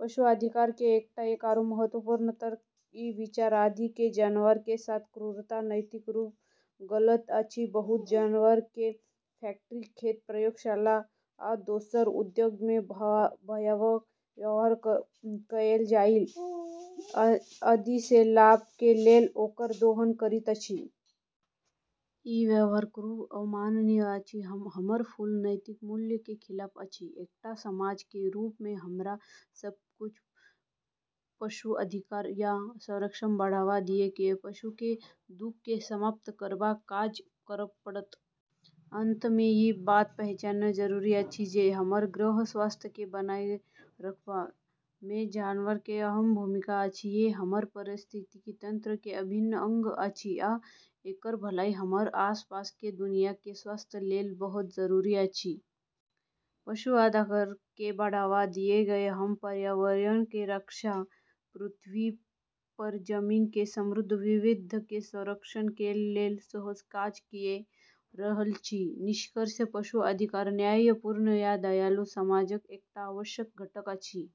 पशु अधिकार के एकटा आरू महत्वपूर्ण तर्क ई विचार अछि जे जानवर के साथ क्रूरता नैतिक रूप सँ गलत अछि। बहुत जानवर के फैक्ट्री खेत, प्रयोगशाला, आ दोसर उद्योग मे भयावह व्यवहार कएल जाइत अछि जे लाभ के लेल ओकर दोहन करैत अछि। ई व्यवहार क्रूर, अमानवीय अछि आ हमर मूल नैतिक मूल्य के खिलाफ अछि। एकटा समाज के रूप मे हमरा सब के पशु अधिकार आ संरक्षण के बढ़ावा दए कए पशु के दुख के समाप्त करबाक काज करब पड़त। अंत मे ई बात के पहचाननाय जरूरी अछि जे हमर ग्रह के स्वास्थ्य के बनाए रखबा मे जानवर के अहम भूमिका अछि। ई हमर पारिस्थितिकी तंत्र के अभिन्न अंग अछि, आ एकर भलाई हमर आसपास के दुनिया के स्वास्थ्य लेल बहुत जरूरी अछि। पशु अधिकार के बढ़ावा दए कए हम पर्यावरण के रक्षा आ पृथ्वी पर जीवन के समृद्ध विविधता के संरक्षण के लेल सेहो काज कए रहल छी। निष्कर्षतः पशु अधिकार न्यायपूर्ण आ दयालु समाजक एकटा आवश्यक घटक अछि।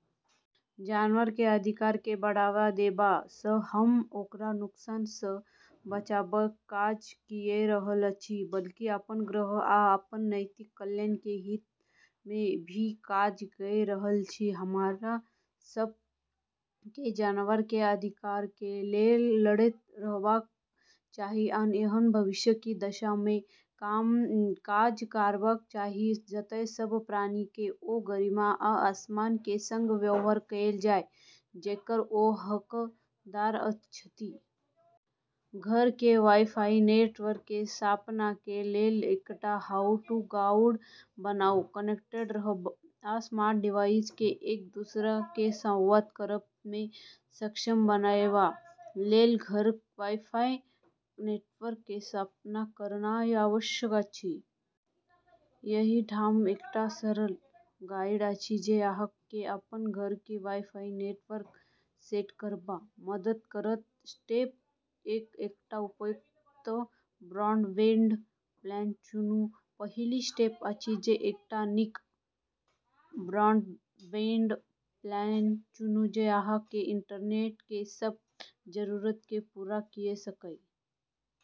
जानवर के अधिकार के बढ़ावा देबा सँ हम ओकरा नुकसान सँ ही बचाबबाक काज कए रहल छी, बल्कि अपन ग्रह आ अपन नैतिक कल्याण के हित मे भी काज कए रहल छी। हमरा सब के जानवर के अधिकार के लेल लड़ैत रहबाक चाही आ एहन भविष्य के दिशा मे काज करबाक चाही जतय सब प्राणी के ओ गरिमा आ सम्मान के संग व्यवहार कएल जाय जेकर ओ हकदार छथि। घर के वाई-फाई नेटवर्क के स्थापना के लेल एकटा हाउ-टू गाइड बनाऊ। कनेक्टेड रहब आ स्मार्ट डिवाइस के एक दोसर सँ संवाद करब मे सक्षम बनाएबा लेल घर के वाई-फाई नेटवर्क के स्थापना करनाय आवश्यक अछि। एहि ठाम एकटा सरल गाइड अछि जे अहाँ के अपन घर के वाई-फाई नेटवर्क सेट करबा मे मदद करत। स्टेप एक एकटा उपयुक्त ब्रॉडबैंड प्लान चुनू। पहिल स्टेप अछि जे एकटा नीक ब्रॉडबैंड प्लान चुनू जे अहाँ के इंटरनेट के सब जरूरत के पूरा कए सकए।